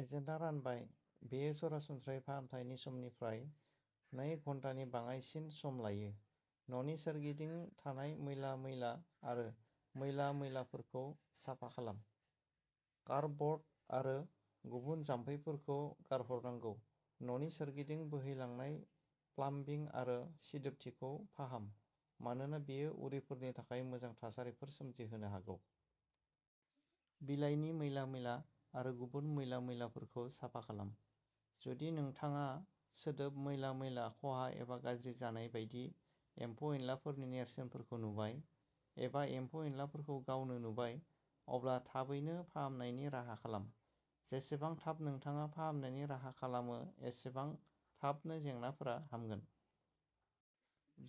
एजेन्टआ रानबाय। बेयो सरासनस्रायै फाहामथायनि समनिफ्राय नै घन्टानि बाङाइसिन सम लायो। न'नि सोरगिदिं थानाय मैला-मैला आरो मैला-मैलाफोरखौ साफा खालाम। कार्डब'र्ड आरो गुबुन जामफैफोरखौ गारहरनांगौ। न'नि सोरगिदिं बोहैलांनाय प्लाम्बिं आरो सिदोबथिखौ फाहाम मानोना बेयो उरिफोरनि थाखाय मोजां थासारिफोर सोमजिहोनो हागौ। बिलाइनि मैला-मैला आरो गुबुन मैला-मैलाफोरखौ साफा खालाम। जुदि नोंथाङा सोदोब, मैला-मैला, खहा एबा गाज्रि जानाय बायदि एम्फौ-एनलाफोरनि नेरसोनफोरखौ नुबाय, एबा एम्फौ-एनलाफोरखौ गावनो नुबाय, अब्ला थाबैनो फाहामनायनि राहा खालाम, जेसेबां थाब नोंथाङा फाहामनायनि राहा खालामो, एसेबां थाबनो जेंनाफोरा हामगोन।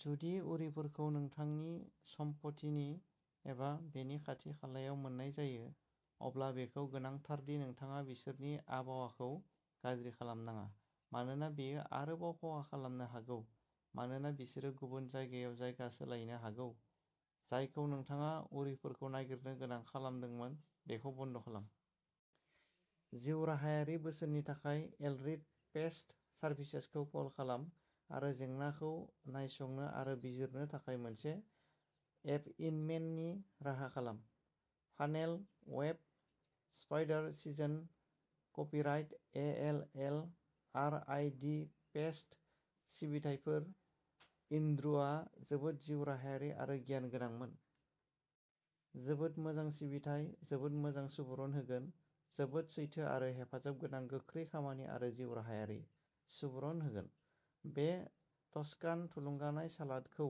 जुदि उरिफोरखौ नोंथांनि सम्पथिनि एबा बेनि खाथि-खालायाव मोन्नाय जायो, अब्ला बेखौ गोनांथार दि नोंथाङा बिसोरनि आबहावाखौ गाज्रि खालाम नाङा, मानोना बेयो आरोबाव खहा खालामनो हागौ मानोना बिसोरो गुबुन जायगायाव जायगा सोलायनो हागौ। जायखौ नोंथाङा उरिफोरखौ नागिरनो गोनां खालामदोंमोन बेखौ बन्द खालाम। जिउराहायारि बोसोननि थाखाय एल्रिड पेस्ट सार्भिसेसखौ कल खालाम आरो जेंनाखौ नायसंनो आरो बिजिरनो थाखाय मोनसे एपिन्टमेन्टनि राहा खालाम। Funnel web spider season. Copyright A L L R I the paste सिबिथायफोर। एन्ड्रुआ जोबोद जिउराहायारि आरो गियान गोनांमोन। जोबोद मोजां सिबिथाइ। जोबोद मोजां सुबुरुन होगोन जोबोद सैथो आरो हेफाजाबगोनां गोख्रै खामानि आरो जिउराहायारि। सुबुरुन होगोन! बे टस्कान थुलुंगानाय सालादखौ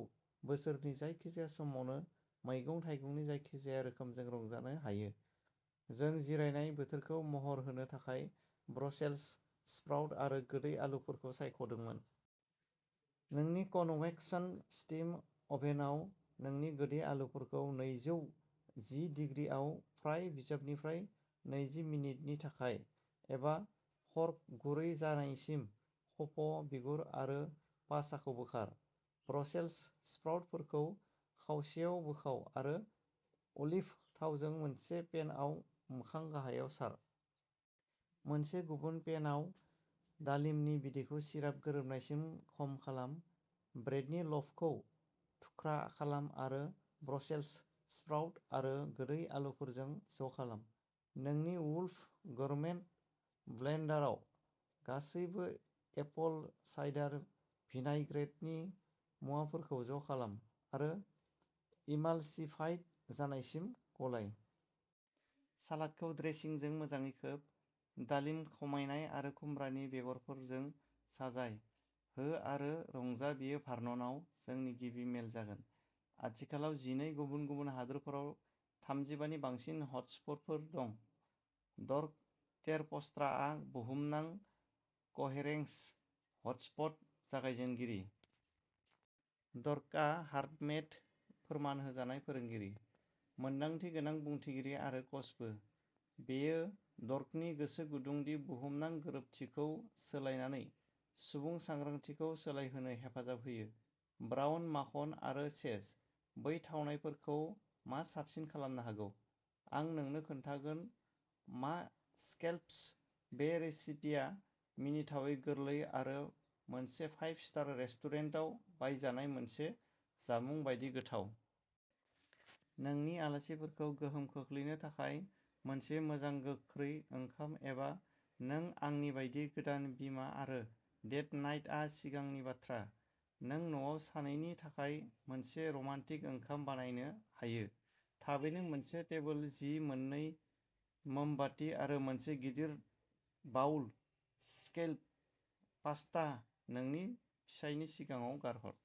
बोसोरनि जायखिजाया समावनो, मैगं-थाइगंनि जायखिजाया रोखोमजों रंजानो हायो। जों जिरायनाय बोथोरखौ महर होनो थाखाय ब्रसेल्स स्प्राउट आरो गोदै आलुफोरखौ सायख'दोंमोन। नोंनि कन्वेक्सन स्टीम अभेनआव, नोंनि गोदै आलुफोरखौ नैजौ जि डिग्रि आव फ्राय जिबानिफ्राय नैजि मिनिटनि थाखाय एबा फ'र्क गुरै जानायसिम खफ'। बिगुर आरो पासाखौ बोखार। ब्रसेल्स स्प्राउटफोरखौ खावसेयाव बोखाव आरो अलिभ थावजों मोनसे पेनआव मोखां गाहायाव सार। मोनसे गुबुन पेनआव, दालिमनि बिदैखौ सिराप गोरोबनायसिम खम खालाम। ब्रेडनि ल'फखौ थुख्रा खालाम आरो ब्रसेल्स स्प्राउट आरो गोदै आलुफोरजों ज'खालाम। नोंनि वुल्फ गोरमेट ब्लेन्डाराव, गासैबो एपल साइडार भिनाइग्रेटनि मुवाफोरखौ ज'खालाम आरो इमालसिफाइड जानायसिम गलाय। सालादखौ ड्रेसिंजों मोजाङै खोब। दालिम खमायनाय आरो खुमब्रानि बेगरफोरजों साजाय। हो आरो रंजा बेयो भार्ननआव जोंनि गिबि मेल जागोन, आथिखालाव जिनै गुबुन-गुबुन हादोरफोराव थामजिबानि बांसिन हटस्पटफोर दं। डर्क टेरपस्ट्राआ बुहुमनां क'हेरेंस हटस्पट जागायजेनगिरि। डर्कआ हार्टमेथ फोरमान होजानाय फोरोंगिरि, मोनदांथिगोनां बुंथिगिरि आरो कचबो। बेयो डर्कनि गोसो गुदुं दि बुहुमनां गोरोबथिखौ सोलायनानै सुबुं सांग्रांथिखौ सोलायहोनो हेफाजाब होयो। ब्राउन माखन आरो सेज। बै थावनायफोरखौ मा साबसिन खालामनो हागौ? आं नोंनो खोन्थागोन मा स्कैलप्स बे रेसिपिया मिनिथावै गोरलै आरो मोनसे फाइभ स्टार रेस्टुरेन्टाव बायजानाय मोनसे जामुं बायदि गोथाव। नोंनि आलासिफोरखौ गोहोम खोख्लैनो थाखाय मोनसे मोजां गोख्रै ओंखाम एबा नों आंनि बायदि गोदान बिमा आरो डेट नाइट आ सिगांनि बाथ्रा, नों न'आव सानैनि थाखाय मोनसे रमान्टिक ओंखाम बानायनो हायो। थाबैनो मोनसे टेबोल जि, मोननै मोमबाति आरो मोनसे गिदिर बाउल स्कैलप पास्ता नोंनि फिसायनि सिगाङाव गारहर।